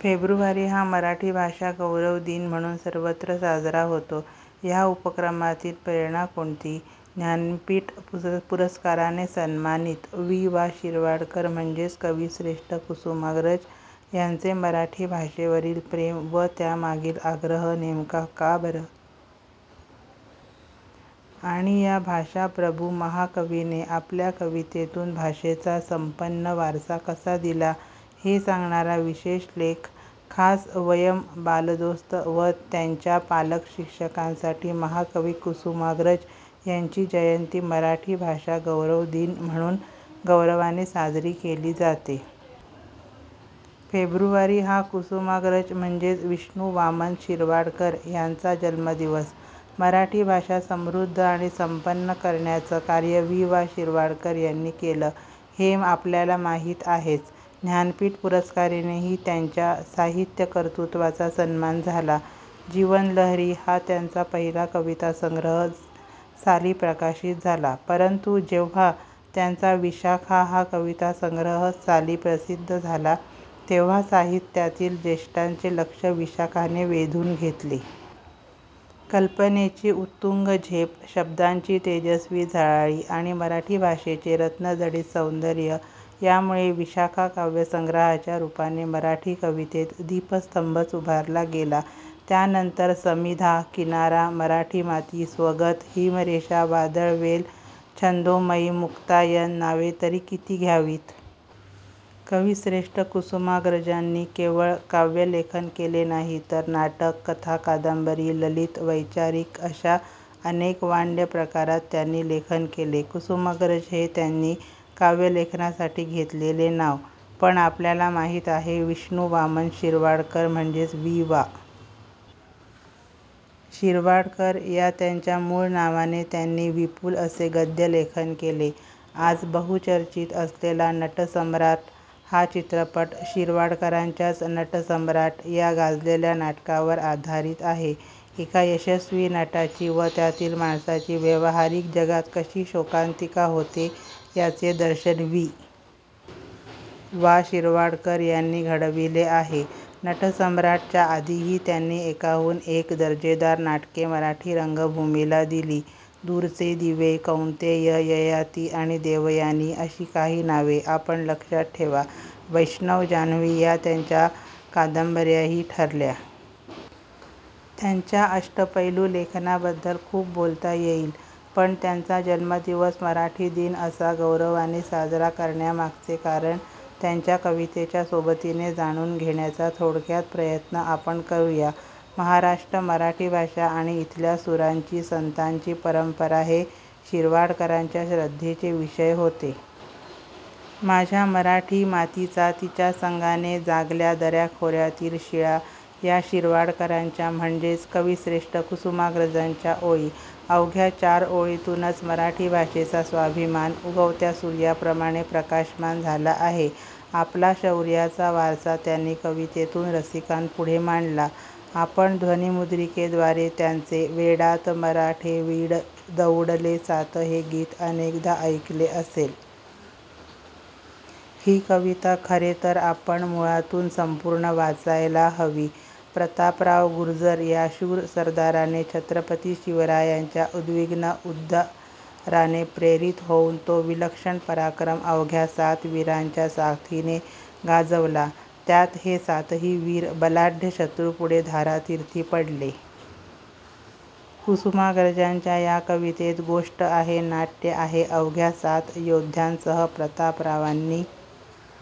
February हा मराठी भाषा गौरव दिन म्हणून सर्वत्र साजरा होतो. ह्या उपक्रमामागील प्रेरणा कोणती? ज्ञानपीठ पुरस्काराने सन्मानित वि. वा. शिरवाडकर म्हणजेच कविश्रेष्ठ कुसुमाग्रज यांचे मराठी भाषेवरील प्रेम व त्या मागील आग्रह नेमका का बरं? आणि या भाषाप्रभू महाकवीने आपल्या कवितेतून भाषेचा संपन्न वारसा कसा दिला? हे सांगणारा विशेष लेख, खास 'वयम्' बालदोस्त व त्यांच्या पालक-शिक्षकांसाठी... महाकवी कुसुमाग्रज यांची जयंती मराठी भाषा गौरव दिन म्हणून गौरवाने साजरी केली जाते. फेब्रुवारी हा कुसुमाग्रज म्हणजेच विष्णू वामन शिरवाडकर यांचा जन्मदिवस. मराठी भाषा समृद्ध आणि संपन्न करण्याचं कार्य वि. वा. शिरवाडकर यांनी केलं, हे आपल्याला माहीत आहेच. ज्ञानपीठ पुरस्कारानेही त्यांच्या साहित्य कर्तृत्वाचा सन्मान झाला. 'जीवनलहरी' हा त्यांचा पहिला कवितासंग्रह साली प्रकाशित झाला, परंतु जेव्हा त्यांचा 'विशाखा' हा कवितासंग्रह साली प्रसिद्ध झाला, तेव्हा साहित्यातील ज्येष्ठांचे लक्ष्य 'विशाखा'ने वेधून घेतले. कल्पनेची उत्तुंग झेप, शब्दांची तेजस्वी झळाळी आणि मराठी भाषेचे रत्नजडित सौंदर्य यामुळे 'विशाखा' काव्यसंग्रहाच्या रूपाने मराठी कवितेत दीपस्तंभच उभारला गेला. त्यानंतर समिधा, किनारा, मराठी माती, स्वगत, हिमरेषा वादळवेल, छंदोमयी, मुक्तायन.. नावे तरी किती घ्यावीत! कविश्रेष्ठ कुसुमाग्रजांनी केवळ काव्यलेखन केले नाही, तर नाटक, कथा-कादंबरी, ललित-वैचारिक अशा अनेक वाङ्मय प्रकारांत त्यांनी लेखन केले. कुसुमाग्रज हे त्यांनी काव्यलेखनासाठी घेतलेले नाव, पण आपल्याला माहीत आहेत विष्णू वामन शिरवाडकर म्हणजेच वि. वा. शिरवाडकर. या त्यांच्या मूळ नावाने त्यांनी विपुल असे गद्यलेखन केले. आज बहुचर्चित असलेला 'नटसम्राट' हा चित्रपट शिरवाडकरांच्याच 'नटसम्राट' ह्या गाजलेल्या नाटकावर आधारित आहे. एका यशस्वी नटाची व त्यातील माणसाची व्यवहारिक जगात कशी शोकांतिका होते याचे दर्शन वि. वा. शिरवाडकर यांनी घडविले आहे. 'नटसम्राट'च्या आधीही त्यांनी एकाहून एक दर्जेदार नाटके मराठी रंगभूमीला दिली. दूरचे दिवे, कौंतेय, ययाती आणि देवयानी- अशी काही नावे आपण लक्षात ठेवा. 'वैष्णव', 'जान्हवी' या त्यांच्या कादंब:याही ठरल्या. त्यांच्या अष्टपैलू लेखनाबद्दल खूप बोलता येईल; पण त्यांचा जन्मदिवस 'मराठी दिन' असा गौरवाने साजरा करण्यामागचे कारण, त्यांच्या कवितेच्या सोबतीने जाणून घेण्याचा थोडक्यात प्रयत्न आपण करूया. महाराष्ट्र, मराठी भाषा आणि इथल्या सुरांची, संतांची परंपरा हे शिरवाडकरांच्या श्रद्धेचे विषय होते. माझ्या मराठी मातीचा तिच्या संगाने जागल्या दऱ्याखोऱ्यातील शिळा या शिरवाडकरांच्या म्हणजेच कविश्रेष्ठ कुसुमाग्रजांच्या ओळी! अवघ्या चार ओळींतूनच मराठी भाषेचा स्वाभिमान उगवत्या सूर्याप्रमाणे प्रकाशमान झाला आहे. आपला शौर्याचा वारसा त्यांनी कवितेतून रसिकांपुढे मांडला. आपण ध्वनिमुद्रिकेद्वारे त्यांचे 'वेडात मराठे वीर दौडले सात' हे गीत अनेकदा ऐकले असेल. ही कविता खरे तर आपण मूळातून संपूर्ण वाचायला हवी. प्रतापराव गुर्जर ह्या शूर सरदाराने छत्रपती शिवरायांच्या उद्विग्न उद्गाराने प्रेरित होऊन जो विलक्षण पराक्रम अवघ्या सात वीरांच्या साथीने गाजवला; त्यात हे सातही वीर बलाढ्य शत्रूपुढे धारातीर्थी पडले. कुसुमाग्रजांच्या या कवितेत गोष्ट आहे, नाट्य आहे. अवघ्या सात योद्ध्यांसह प्रतापरावांनी